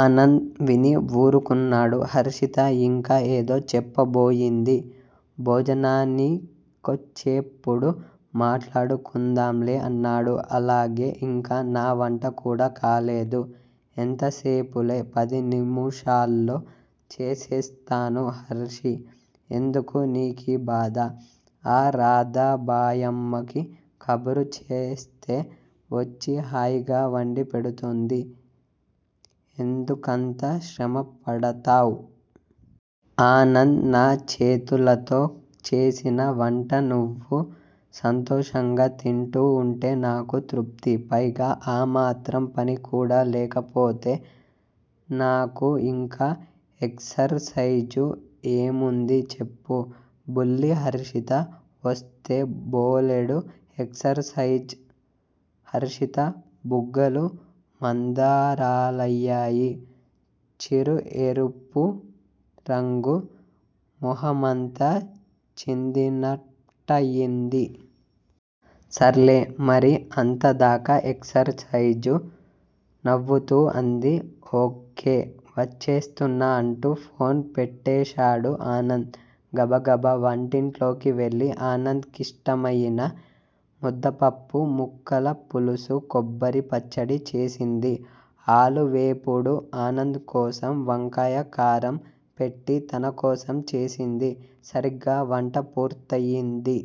ఆనంద్ విని వూరుకున్నాడు. హర్షిత ఇంకా ఏదో చెప్పబోయింది. భోజనానికొచ్చేప్పుడు మాట్లాడుకుందాంలే అన్నాడు. అలాగే! ఇంకా నా వంట కూడా కాలేదు. ఎంత సేపులే పదినిముషాల్లో చేసేస్తాను హర్షీ! ఎందుకు నీకీబాధ,. ఆ రాధాబాయమ్మకి కబురు చేస్తే వొచ్చి హాయిగా వండి పెడుతుంది. ఎందుకంత శ్రమ పడతావ్? ఆనంద్! నాచేతులతో చేసిన వంట నువ్వు సంతోషంగా తింటూ ఉంటే నాకు తృప్తి! పైగా ఆ మాత్రం పని కూడా లేకపోతే నాకు ఇంక ఎక్సర్ సైజు ఏముంది చెప్పు? బుల్లి హర్షిత వొస్తే బోలెడు ఎక్సర్ సైజ్ హర్షిత బుగ్గలు మందారాలయ్యాయి. చిరు ఎరుపు రంగు మొహమంతా చిందినట్టయింది. సర్లే! మరి అంతదాకా ఎక్సర్ సైజ్! నవ్వుతూ అంది. ఓకే.! ఒచ్చేస్తున్నా అంటూ ఫోన్ పెట్టేశాడు ఆనంద్. గబగబా వంటింట్లోకి వెళ్ళి ఆనంద్ కిష్టమయిన ముద్దపప్పు, ముక్కల పులుసూ, కొబ్బరిపచ్చడి చేసింది. ఆలూవేపుడు ఆనంద్ కోసం, వంకాయ కారం పెట్టి తనకోసం చేసింది. సరిగ్గా వంట పూర్తయ్యింది.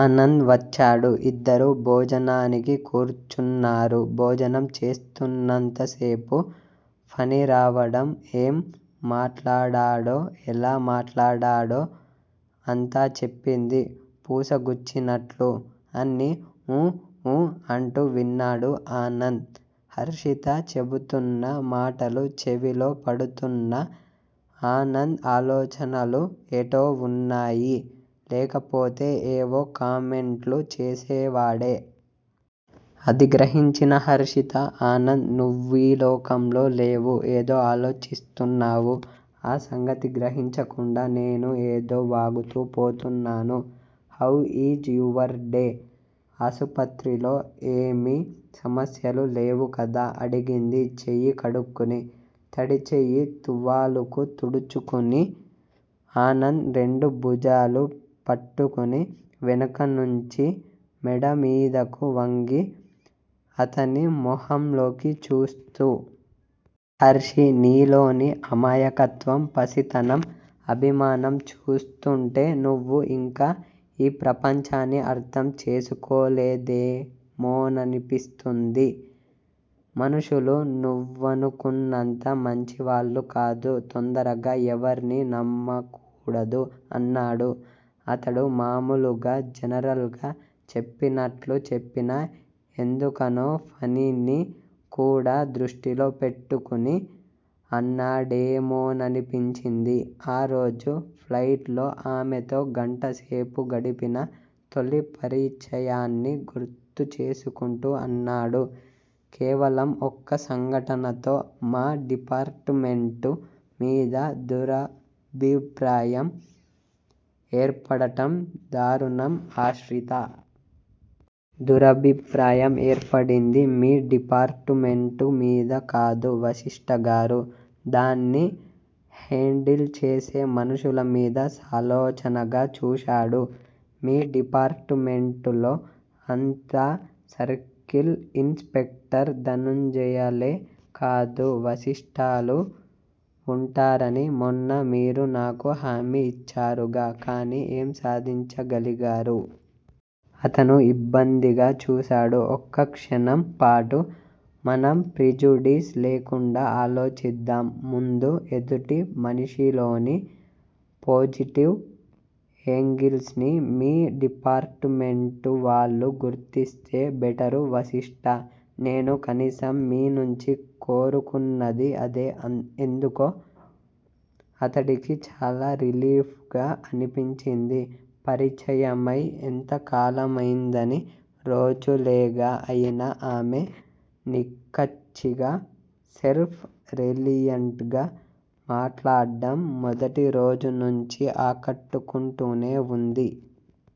ఆనంద్ వచ్చాడు. ఇద్దరూ భోజనానికి కూర్చున్నారు. భోజనం చేస్తున్నంతసేపూ ఫణిరావడం, ఏం మాట్లాడాడో, ఎలా మాట్లాడాడో అంతా చెప్పింది, పూసగుచ్చినట్లు. అన్నీ 'ఊ ఊ. ' అంటూ విన్నాడు ఆనంద్! హర్షిత చెబుతున్న మాటలు చెవిలో పడుతూన్నా, ఆనంద్ ఆలోచనలు ఎటో ఉన్నాయి. లేకపోతే ఏవో కామెంట్లు చేసేవాడే! అది గ్రహించిన హర్షిత ఆనంద్! నువ్వీలోకంలో లేవు, ఏదో ఆలోచిస్తున్నావు. ఆ సంగతి గ్రహించకుండా నేను ఏదో వాగుతూ పోతున్నాను. How is your day! ఆసుపత్రిలో ఏమీ సమస్యలు లేవు కదా అడిగింది చెయ్యి కడుక్కుని. తడి చెయ్యి తువ్వాలుకు తుడుచుకుని ఆనంద్ రెండు భుజాలూ పట్టుకుని వెనకనుంచి మెడమీదకు వంగి, అతని మొహంలోకి చూస్తూ. హర్షీ! నీలోని అమాయకత్వం, పసితనం, అభిమానం చూస్తూంటే, నువ్వు ఇంకా ఈ ప్రపంచాన్ని అర్ధం చేసుకోలేదేమోననిపిస్తుంది. మనుషులు నువ్వనుకున్నంత మంచివాళ్ళు కాదు. తొందరగా ఎవర్నీ నమ్మకూడదు అన్నాడు. అతడు మామూలుగా జనరల్ గా చెప్పినట్లు చెప్పినా, ఎందుకనో ఫణిని కూడా దృష్టిలో పెట్టుకుని అన్నాడేమోననిపించింది. ఆ రోజు ఫ్లైట్ లో ఆమెతో గంటసేపు గడిపిన తొలి పరిచయాన్ని గుర్తుచేసుకుంటూ అన్నాడు- కేవలం ఒక్క సంఘటనతో మా డిపార్టుమెంటు మీద దురభిప్రాయం ఏర్పడటం దారుణం ఆశ్రితా! దురభిప్రాయం ఏర్పడింది మీ డిపార్టుమెంటు మీద కాదు వశిష్ట గారూ! దాన్ని హేండిల్ చేసే మనుషుల మీద సాలోచనగా చూశాడు. మీ డిపార్టుమెంట్ లో అంతా సర్కిల్ ఇన్స్ పెక్టర్ ధనుంజయలే కాదు వశిష్టలూ వుంటారని మొన్న మీరు నాకు హామీ ఇచ్చారుగా? కాని ఏం సాధించగలిగారు? అతను ఇబ్బందిగా చూశాడు. ఒక్క క్షణంపాటు మనం ప్రిజుడీస్ లేకుండా ఆలోచిద్దాం ముందు ఎదుటి మనిషిలోని పోజిటివ్ ఏంగిల్స్ ని మీ డిపార్టుమెంటు వాళ్ళు గుర్తిస్తే బెటరు వశిష్టా! నేను కనీసం మీనుంచి కోరుకున్నది అదే ఎందుకో అతడికి చాలా రిలీఫ్ గా అనిపించింది. పరిచయమై ఎంత కాలమైందని రోజులేగా అయినా ఆమె నిక్కచ్చిగా సెల్ఫ్ రెలియంట్ గా మాట్లాడ్డం మొదటి రోజునుంచీ ఆకట్టుకుంటూనే వుంది.